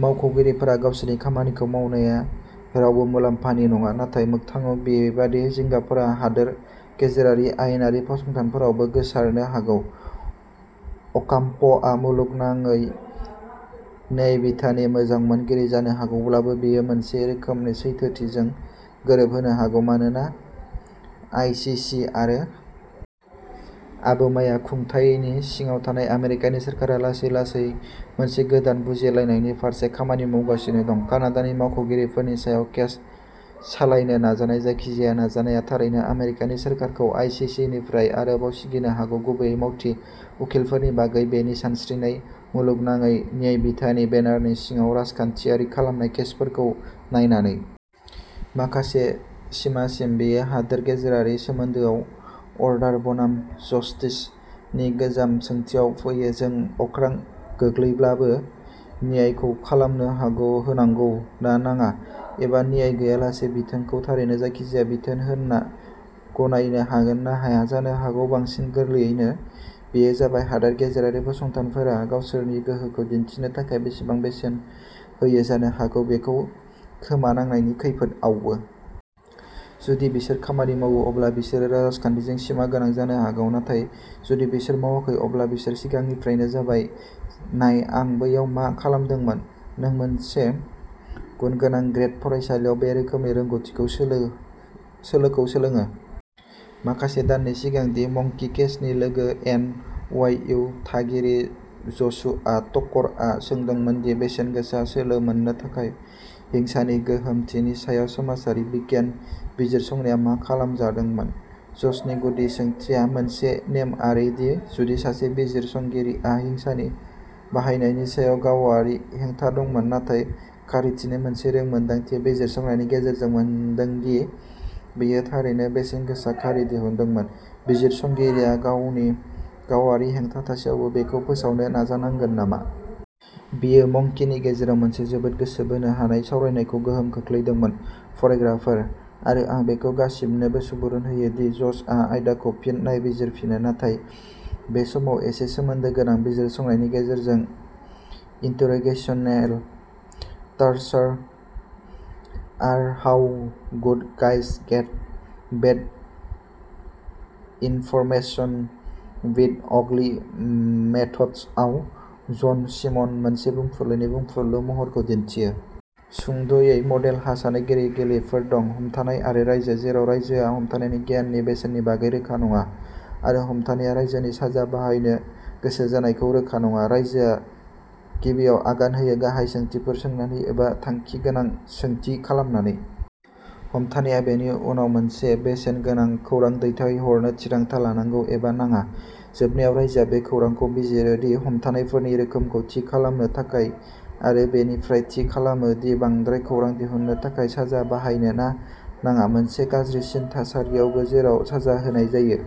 मावख'गिरिफोरा गावसोरनि खामानिखौ मावनाया रावबो मुलाम्फानि नङा। नाथाय मोगथाङाव, बेबादि जिंगाफोरा हादोर गेजेरारि आयेनारि फसंथानफोरावबो गोसारनो हागौ। अकाम्प'आ मुलुगनाङै न्यायबिधाननि मोजां मोनगिरि जानो हागौब्लाबो, बेयो मोनसे रोखोमनि सैथोथिजों गोरोबहोनो हागौ। मानोना आईसीसी आरो ओबामा खुंथायनि सिङाव थानाय आमेरिकानि सोरखारा लासै-लासै मोनसे गोदान बुजिलायनायनि फारसे खामानि मावगासिनो दं, कानाडानि मावख'गिरिफोरनि सायाव केस सालायनो नाजानाय जायखिजाया नाजानाया थारैनो आमेरिकानि सोरखारखौ आईसीसीनिफ्राय आरोबाव सिगिनो हागौ-गुबैयै "मावथि" उखिलफोरनि बागै बेनि सानस्रिनाय, मुलुगनाङै न्यायबिधाननि बेनारनि सिङाव राजखान्थियारि खालामनाय केसफोरखौ नायनानै। माखासे सिमासिम बेयो हादोर गेजेरारि सोमोन्दोआव "अर्डार बनाम जस्टिस" नि गोजाम सोंथियाव फैयो-जों अख्रां गोग्लैब्लाबो न्यायखौ खालामनो होनांगौ ना नाङा, एबा न्याय गैयालासे बिथोनखौ थारैनो जायखिजाया बिथोन होनना गनायनो हागोन ना हाया। जानो हागौ बांसिन गोरलैयैनो, बेयो जाबाय हादोर गेजेरारि फसंथानफोरा गावसोरनि गोहोखौ दिन्थिनो थाखाय बेसेबां बेसेन होयो-जानो हागौ बेखौ खोमानांनायनि खैफोदआवबो। जुदि बिसोर खामानि मावो, अब्ला बिसोरो राजखान्थिजों सिमागोनां जानो हागौ; नाथाय जुदि बिसोर मावाखै, अब्ला बिसोर सिगांनिफ्रायनो जाबाय। नाय आं बैयाव मा खालामदोंमोन? नों मोनसे गुनगोनां ग्रेद फरायसालियाव बे रोखोमनि रोंग'थि सोलोखौ सोलोङो। माखासे दाननि सिगां दि मंकी केजनि लोगो एन. वाइ. इउ. थागिरि जसुआ टकरआ सोंदोंमोन दि बेसेनगोसा सोलो मोननो थाखाय हिंसानि गोहोमथिनि सायाव समाजारि बिगियान बिजिरसंनाया मा खालामजादोंमोन? ज'सनि गुदि सोंथिया मोनसे नेमआरिमोन, दि जुदि सासे बिजिरसंगिरिआ हिंसानि बाहायनायनि सायाव गावारि हेंथा दंमोन, नाथाय खारिथिनि मोनसे रोंमोनदांथि बिजिरसंनायनि गेजेरजों मोनदों दि बेयो थारैनो बेसेनगोसा खारि दिहुनदोंमोन, बिजिरसंगिरिआ गावनि गावारि हेंथा थासेयावबो बेखौ फोसावनो नाजानांगोन नामा? बेयो मंकीनि गेजेराव मोनसे जोबोद गोसो बोनो हानाय सावरायनायखौ गोहोम खोख्लैदोंमोन। फरायग्राफोर, आरो आं बेखौ गासिबोनो सुबुरुन होयो। दिनै, ज'शआ आयदाखौ फिन नायबिजिरफिनो, नाथाय बे समाव एसे सोमोन्दो गोनां बिजिरसंनायनि गेजेरजों। "Interrogational torture or how good guys get bad information with ugly methods" आव, जन शिमनआ मोनसे बुंफुरलुनि बुंफुरलु महरखौ दिन्थियो। सुंद'यै, मडेलहा सानै गेलेगिरिफोर दं, हमथानाय आरो रायजो, जेराव रायजोआ हमथानायनि गियाननि बेसेननि बागै रोखा नङा आरो हमथानायआ रायजोनि साजा बाहायनो गोसो जानायखौ रोखा नङा। रायजोआ गिबियाव आगान होयो, गाहाय सोंथिफोर सोंनानै एबा थांखि गोनां सोंथि खालामनानै। हमथानायआ बेनि उनाव मोनसे बेसेनगोनां खौरां दैथायहरनो थिरांथा लानांगौ, एबा नाङा। जोबनायाव, रायजोआ बे खौरांखौ बिजिरो दि हमथानायफोरनि रोखोमखौ थि खालामनो थाखाय, आरो बेनिफ्राय थि खालामो दि बांद्राय खौरां दिहुननो थाखाय साजा बाहायनो ना नाङा।... मोनसे गाज्रिसिन थासारियावबो जेराव साजा होनाय जायो।